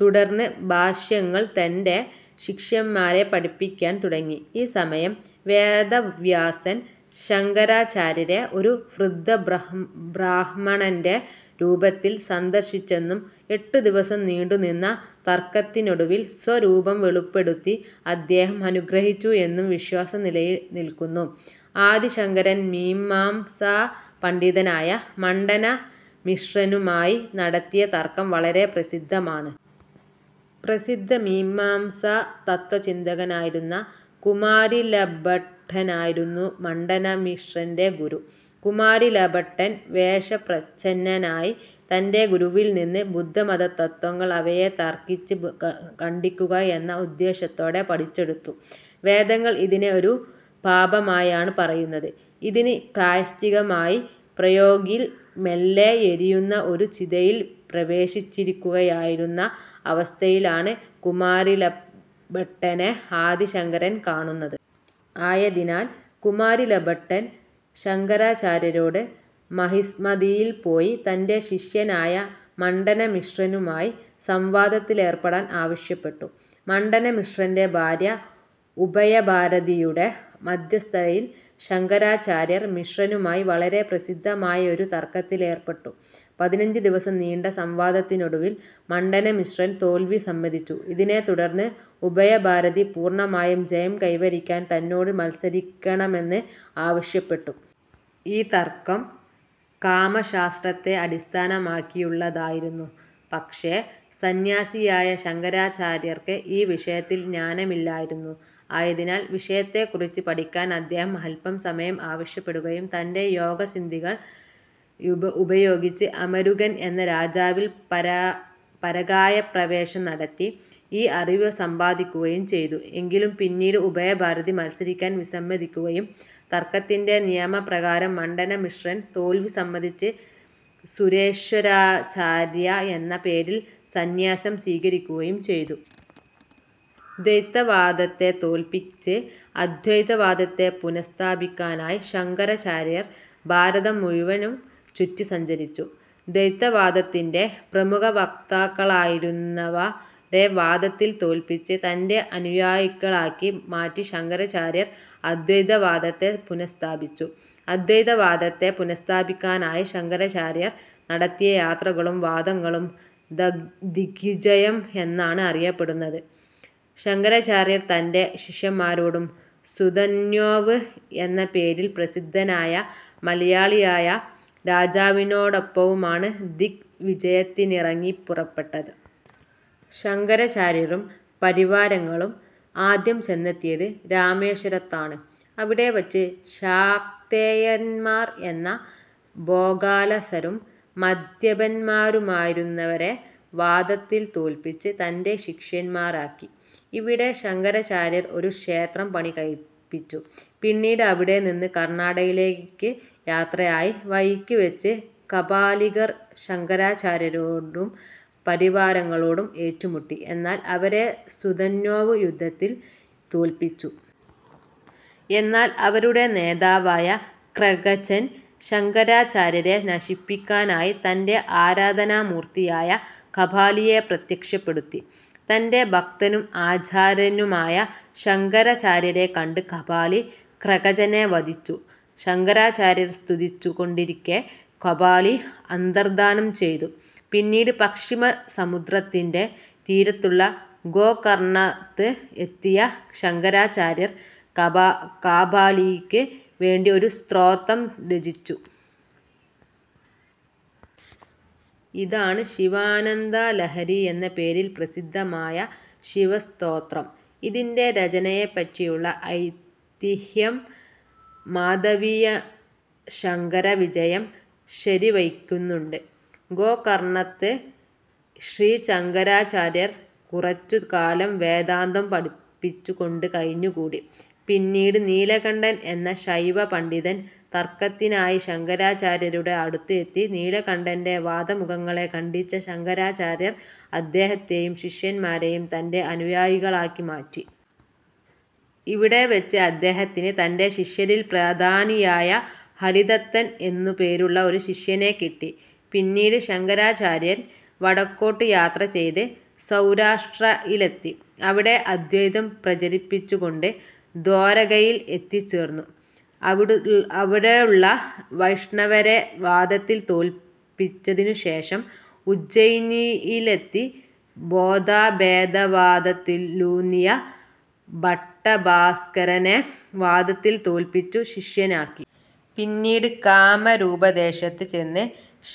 തുടർന്ന് ഭാഷ്യങ്ങൾ തന്റെ ശിഷ്യന്മാരെ പഠിപ്പിക്കാൻ തുടങ്ങി. ഈ സമയം, വേദവ്യാസൻ ശങ്കരാചാര്യരെ ഒരു വൃദ്ധബ്രാഹ്മണന്റെ രൂപത്തിൽ സന്ദർശിച്ചെന്നും എട്ടു ദിവസം നീണ്ടു നിന്ന തർക്കത്തിനൊടുവിൽ സ്വരൂപം വെളിപ്പെടുത്തി അദ്ദേഹത്തെ അനുഗ്രഹിച്ചു എന്നും വിശ്വാസം നിലനിൽക്കുന്നു. ആദി ശങ്കരൻ മീമാംസാ പണ്ഡിതനായ മണ്ഡനമിശ്രനുമായി നടത്തിയ തർക്കം വളരെ പ്രസിദ്ധമാണ്. പ്രസിദ്ധ മീമാംസാ തത്ത്വചിന്തകനായിരുന്ന കുമാരിലഭട്ടനായിരുന്നു മണ്ഡനമിശ്രന്റെ ഗുരു. കുമാരിലഭട്ടൻ വേഷപ്രച്ഛന്നനായി തന്റെ ഗുരുവിൽ നിന്ന് ബുദ്ധമതതത്ത്വങ്ങൾ അവയെ തർക്കിച്ച് ഖണ്ഡിക്കുക എന്ന ഉദ്ദേശ്യത്തോടെ പഠിച്ചെടുത്തു. വേദങ്ങൾ ഇതിനെ ഒരു പാപമായാണ് പറയുന്നത്. ഇതിന് പ്രായശ്ചിത്തമായി പ്രയാഗിൽ മെല്ലെ എരിയുന്ന ഒരു ചിതയിൽ പ്രവേശിച്ചിരിക്കുകയായിരുന്ന അവസ്ഥയിലാണ് കുമാരിലഭട്ടനെ ആദി ശങ്കരൻ കാണുന്നത്. ആയതിനാൽ കുമാരിലഭട്ടൻ ശങ്കരാചാര്യരോട് മഹിസ്മതിയിൽ പോയി തന്റെ ശിഷ്യനായ മണ്ഡനമിശ്രനുമായി സംവാദത്തിലേർപ്പെടാൻ ആവശ്യപ്പെട്ടു. മണ്ഡനമിശ്രന്റെ ഭാര്യ ഉഭയ ഭാരതിയുടെ മദ്ധ്യസ്ഥതയിൽ ശങ്കരാചാര്യർ മിശ്രനുമായി വളരെ പ്രസിദ്ധമായ ഒരു തർക്കത്തിലേർപ്പെട്ടു. പതിനഞ്ച് ദിവസം നീണ്ട സംവാദത്തിനൊടുവിൽ മണ്ഡനമിശ്രൻ തോൽവി സമ്മതിച്ചു. ഇതിനെ തുടർന്ന് ഉഭയ ഭാരതി പൂർണ്ണമായും ജയം കൈവരിയ്ക്കാൻ തന്നോട് മത്സരിയ്ക്കണമെന്ന് ആവശ്യപ്പെട്ടു. ഈ തർക്കം കാമശാസ്ത്രത്തെ അടിസ്ഥാനമാക്കിയുള്ളതായിരുന്നു. പക്ഷേ സന്ന്യാസിയായ ശങ്കരാചാര്യർക്ക് ഈ വിഷയത്തിൽ ജ്ഞാനമില്ലായിരുന്നു. ആയതിനാൽ വിഷയത്തെക്കുറിച്ച് പഠിക്കാൻ അദ്ദേഹം അല്പം സമയം ആവശ്യപ്പെടുകയും തന്റെ യോഗ സിദ്ധികൾ ഉപയോഗിച്ച് അമരുകൻ എന്ന രാജാവിൽ പരകായപ്രവേശം നടത്തി ഈ അറിവ് സമ്പാദിക്കുകയും ചെയ്തു. എങ്കിലും പിന്നീട് ഉഭയ ഭാരതി മത്സരിക്കാൻ വിസമ്മതിക്കുകയും തർക്കത്തിന്റെ നിയമ പ്രകാരം മണ്ഡനമിശ്രൻ തോൽവി സമ്മതിച്ച് സുരേശ്വരാചാര്യ എന്ന പേരിൽ സന്യാസം സ്വീകരിക്കുകയും ചെയ്തു. ദ്വൈതവാദത്തെ തോൽപ്പിച്ച് അദ്വൈത വാദത്തെ പുനഃസ്ഥാപിക്കാനായി ശങ്കരാചാര്യർ ഭാരതം മുഴുവൻ ചുറ്റി സഞ്ചരിച്ചു. ദ്വൈതവാദത്തിന്റെ പ്രമുഖവക്താക്കളായിരുന്നവരെ വാദത്തിൽ തോൽപ്പിച്ച് തന്റെ അനുയായികളാക്കി മാറ്റി ശങ്കരാചാര്യൻ അദ്വൈതവാദത്തെ പുനഃസ്ഥാപിച്ചു. അദ്വൈതവാദത്തെ പുനഃസ്ഥാപിക്കാനായി ശങ്കരാചാര്യർ നടത്തിയ യാത്രകളും വാദങ്ങളും ദിഗ്വിജയം എന്നാണ് അറിയപ്പെടുന്നത്. ശങ്കരാചാര്യർ തന്റെ ശിഷ്യൻമാരോടും സുധന്വാവ് എന്ന പേരിൽ പ്രസിദ്ധനായ മലയാളിയായ രാജാവിനോടൊപ്പവുമാണ് ദിഗ് വിജയത്തിനിറങ്ങിപ്പുറപ്പെട്ടത്. ശങ്കരാചാര്യരും പരിവാരങ്ങളും ആദ്യം ചെന്നെത്തിയത് രാമേശ്വരത്താണ്. അവിടെ വച്ച് ശാക്തേയൻമാർ എന്ന ഭോഗാലസരും മദ്യപൻമാരുമായിരുന്നവരെ വാദത്തിൽ തോൽപ്പിച്ച് തന്റെ ശിഷ്യൻമാരാക്കി. ഇവിടെ ശങ്കരാചാര്യർ ഒരു ക്ഷേത്രം പണികഴിപ്പിച്ചു. പിന്നീട് അവിടെ നിന്ന് കർണ്ണാടകത്തിലേയ്ക്ക് യാത്രയായി വഴിയ്ക്ക് വച്ച് കാപാലികർ ശങ്കരാചാര്യരോടും പരിവാരങ്ങളോടും ഏറ്റുമുട്ടി. എന്നാൽ അവരെ സുധന്വാവ് യുദ്ധത്തിൽ തോൽപ്പിച്ചു. എന്നാൽ അവരുടെ നേതാവായ ക്രകചൻ ശങ്കരാചാര്യരെ നശിപ്പിക്കാനായി തന്റെ ആരാധനാ മൂർത്തിയായ കാപാലിയെ പ്രത്യക്ഷപ്പെടുത്തി. തന്റെ ഭക്തനും ആചാര്യനുമായ ശങ്കരാചാര്യരെ കണ്ട് കാപാലി ക്രകചനെ വധിച്ചു. ശങ്കരാചാര്യർ സ്തുതിച്ചു കൊണ്ടിരിക്കേ കാപാലി അന്തർധാനം ചെയ്തു. പിന്നീട് പശ്ചിമ സമുദ്രത്തിന്റെ തീരത്തുള്ള ഗോകർണ്ണത്ത് എത്തിയ ശങ്കരാചാര്യൻ കാപാലിയ്ക്ക് വേണ്ടി ഒരു സ്തോത്രം രചിച്ചു. ഇതാണ് ശിവാനന്ദലഹരി എന്ന പേരിൽ പ്രസിദ്ധമായ ശിവസ്തോത്രം. ഇതിന്റെ രചനയെപ്പറ്റിയുള്ള ഐതിഹ്യം മാധവീയശങ്കരവിജയം ശരിവയ്ക്കുന്നുണ്ട്. ഗോകർണ്ണത്ത് ശ്രീശങ്കരാചാര്യൻ കുറച്ചു കാലം വേദാന്തം പഠിപ്പിച്ചു കൊണ്ട് കഴിഞ്ഞുകൂടി. പിന്നീട് നീലകണ്ഠൻ എന്ന ശൈവപണ്ഡിതൻ തർക്കത്തിനായി ശങ്കരാചാര്യരുടെ അടുത്ത് എത്തി നീലകണ്ഠന്റെ വാദമുഖങ്ങളെ ഖണ്ഡിച്ച ശങ്കരാചാര്യർ അദ്ദേഹത്തെയും ശിഷ്യൻമാരെയും തന്റെ അനുയായികളാക്കി മാറ്റി. ഇവിടെവച്ച് അദ്ദേഹത്തിന് തന്റെ ശിഷ്യരിൽ പ്രധാനിയായ ഹരിദത്തൻ എന്നു പേരുള്ള ഒരു ശിഷ്യനെ കിട്ടി. പിന്നീട് ശങ്കരാചാര്യൻ വടക്കോട്ടു യാത്ര ചെയ്ത് സൗരാഷ്ട്രയിലെത്തി. അവിടെ അദ്വൈതം പ്രചരിപ്പിച്ചു കൊണ്ട് ദ്വാരകയിൽ എത്തിച്ചേർന്നു. അവിടുള്ള വൈഷ്ണവരെ വാദത്തിൽ തോൽപ്പിച്ചതിനു ശേഷം ഉജ്ജയിനിയിലെത്തി ഭോദാഭേദവാദത്തിലൂന്നിയ ഭട്ടഭാസ്ക്കരകനെ വാദത്തിൽ തോൽപ്പിച്ചു ശിഷ്യനാക്കി. പിന്നീട് കാമരൂപദേശത്ത് ചെന്ന്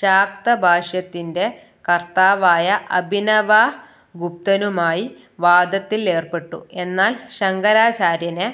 ശാക്തഭാഷ്യത്തിന്റെ കർത്താവായ അഭിനവഗുപ്തനുമായി വാദത്തിൽ ഏർപ്പെട്ടു. എന്നാൽ ശങ്കരാചാര്യനെ